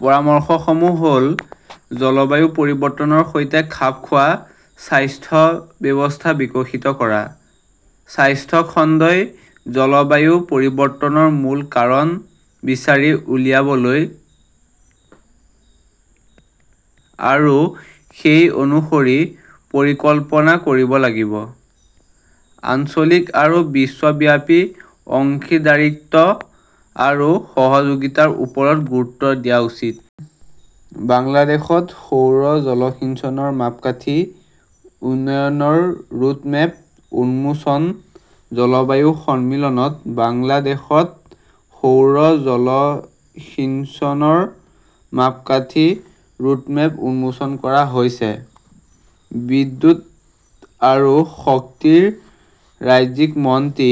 পৰামৰ্শসমূহ হ "ল-জলবায়ু পৰিৱৰ্তনৰ সৈতে খাপ খোৱা স্বাস্থ্য ব্যৱস্থা বিকশিত কৰা। স্বাস্থ্য খণ্ডই জলবায়ু পৰিৱৰ্তনৰ মূল কাৰণ বিচাৰি উলিয়াবলৈ আৰু সেই অনুসৰি পৰিকল্পনা কৰিব লাগিব। আঞ্চলিক আৰু বিশ্বব্যাপী অংশীদাৰিত্ব আৰু সহযোগিতাৰ ওপৰত গুৰুত্ব দিয়া উচিত। বাংলাদেশত সৌৰ জলসিঞ্চনৰ মাপকাঠি উন্নয়নৰ ৰোডমেপ উন্মোচন জলবায়ু সন্মিলনত বাংলাদেশত সৌৰ জলসিঞ্চনৰ মাপকাঠি ৰোডমেপ উন্মোচন কৰা হৈছে। বিদ্যুৎ আৰু শক্তিৰ ৰাজ্যিক মন্ত্ৰী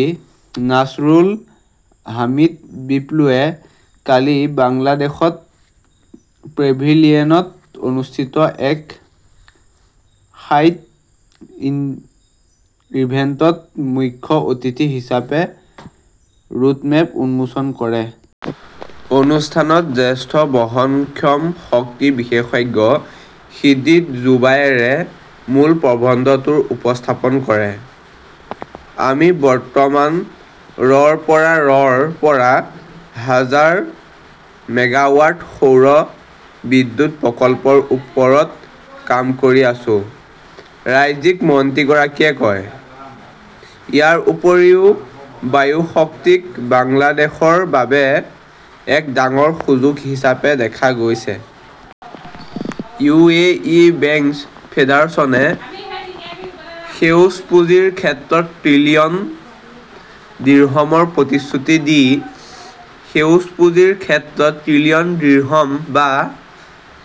নাছৰুল হামিদ বিপুৱে কালি বাংলাদেশ পেভিলিয়নত অনুষ্ঠিত এক সাইড ইভেণ্টত মুখ্য অতিথি হিচাপে ৰোডমেপ উন্মোচন কৰে। অনুষ্ঠানত জ্যেষ্ঠ বহনক্ষম শক্তি বিশেষজ্ঞ সিদ্দিক জোবায়েৰে মূল প্ৰবন্ধটো উপস্থাপন কৰে। আমি বৰ্তমান ৰ পৰা ৰ পৰা হাজাৰ মেগাৱাট সৌৰ বিদ্যুৎ প্ৰকল্পৰ ওপৰত কাম কৰি আছো ", ৰাজ্যিক মন্ত্ৰীগৰাকীয়ে কয়। ইয়াৰ উপৰিও বায়ু শক্তিক বাংলাদেশৰ বাবে এক ডাঙৰ সুযোগ হিচাপে দেখা গৈছে। ইউ. এ. ই. বেংক ফেডাৰেচনে সেউজ পুঁজিৰ ক্ষেত্ৰত ত্ৰিলিয়ন দিৰহমৰ প্ৰতিশ্ৰুতি দি সেউজ পুঁজিৰ ক্ষেত্ৰত ত্ৰিলিয়ন দিৰহম বা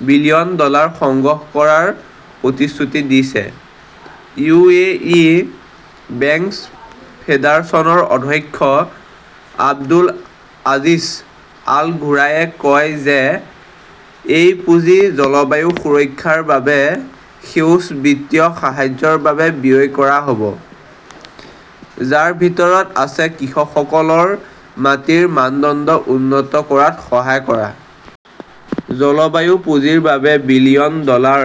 বিলিয়ন ডলাৰ সংগ্ৰহ কৰাৰ প্ৰতিশ্ৰুতি দিছে। ইউ. এ. ই. বেংকছ ফেডাৰেচনৰ অধ্যক্ষ আব্দুল আজিজ আল ঘুৰাইৰে কয় যে এই পুঁজি জলবায়ু সুৰক্ষাৰ বাবে সেউজ বিত্তীয় সাহায্যৰ বাবে ব্যয় কৰা হ 'ব, যাৰ ভিতৰত আছে কৃষকসকলক মাটিৰ মানদণ্ড উন্নত কৰাত সহায় কৰা। জলবায়ু পুঁজিৰ বাবে বিলিয়ন ডলাৰ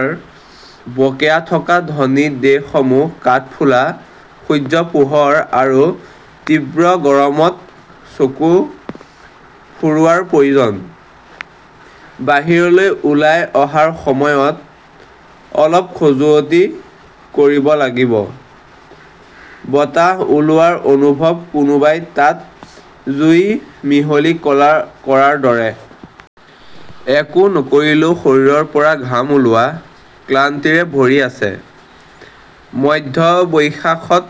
বকেয়া থকা ধনী দেশসমূহ কাঠফুলা সূৰ্যৰ পোহৰ আৰু তীব্ৰ গৰমত চকু ফুৰোৱাৰ প্ৰয়োজন। বাহিৰলৈ ওলাই অহাৰ সময়ত অলপ খজুৱতি কৰিব লাগিব। বতাহ ওলোৱাৰ অনুভৱ-কোনোবাই তাত জুই মিহলি কৰাৰ দৰে। একো নকৰিলেও শৰীৰৰ পৰা ঘাম ওলোৱা। ক্লান্তিৰে ভৰি আছে। মধ্য বৈশাখত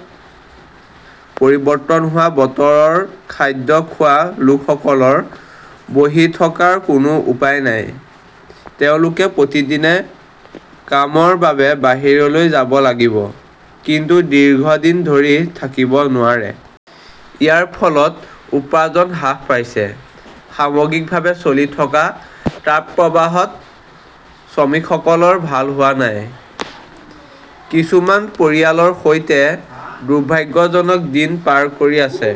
পৰিৱৰ্তন হোৱা বতৰত খাদ্য খোৱা লোকসকলৰ বহি থকাৰ কোনো উপায় নাই। তেওঁলোকে প্ৰতিদিনে কামৰ বাবে বাহিৰলৈ যাব লাগিব। কিন্তু দীৰ্ঘদিন ধৰি থাকিব নোৱাৰে। ইয়াৰ ফলত উপাৰ্জন হ্ৰাস পাইছে। সামগ্ৰিকভাৱে চলি থকা তাপপ্ৰবাহত শ্ৰমিকসকলৰ ভাল হোৱা নাই। কিছুমানে পৰিয়ালৰ সৈতে দুৰ্ভাগ্যজনক দিন পাৰ কৰি আছে।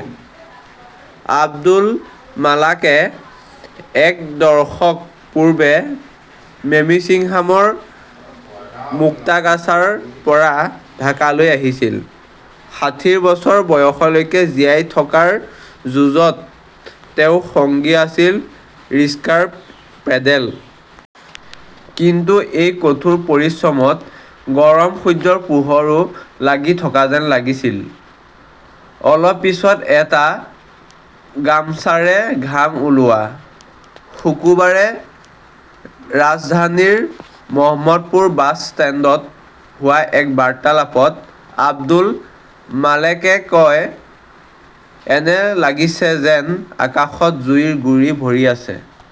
আব্দুল মালেকে এক দশক পূৰ্বে মেমিন্সিংহামৰ মুক্তাগাছাৰ পৰা ঢাকালৈ আহিছিল। ষাঠিৰ বছৰ বয়সলৈকে জীয়াই থকাৰ যুঁজত তেওঁৰ সঙ্গী আছিল ৰিক্সাৰ পেডেল। কিন্তু এই কঠোৰ পৰিশ্ৰমত গৰম সূৰ্যৰ পোহৰো লাগি থকা যেন লাগিছিল। অলপ পিছত এটা গামছাৰে ঘাম ওলোৱা। শুকুৰবাৰে ৰাজধানীৰ মহম্মদপুৰ বাছ ষ্টেণ্ডত হোৱা এক বাৰ্তালাপত আব্দুল মালেকে কয়, "এনে লাগিছে যেন আকাশত জুইৰ গুৰি ভৰি আছে।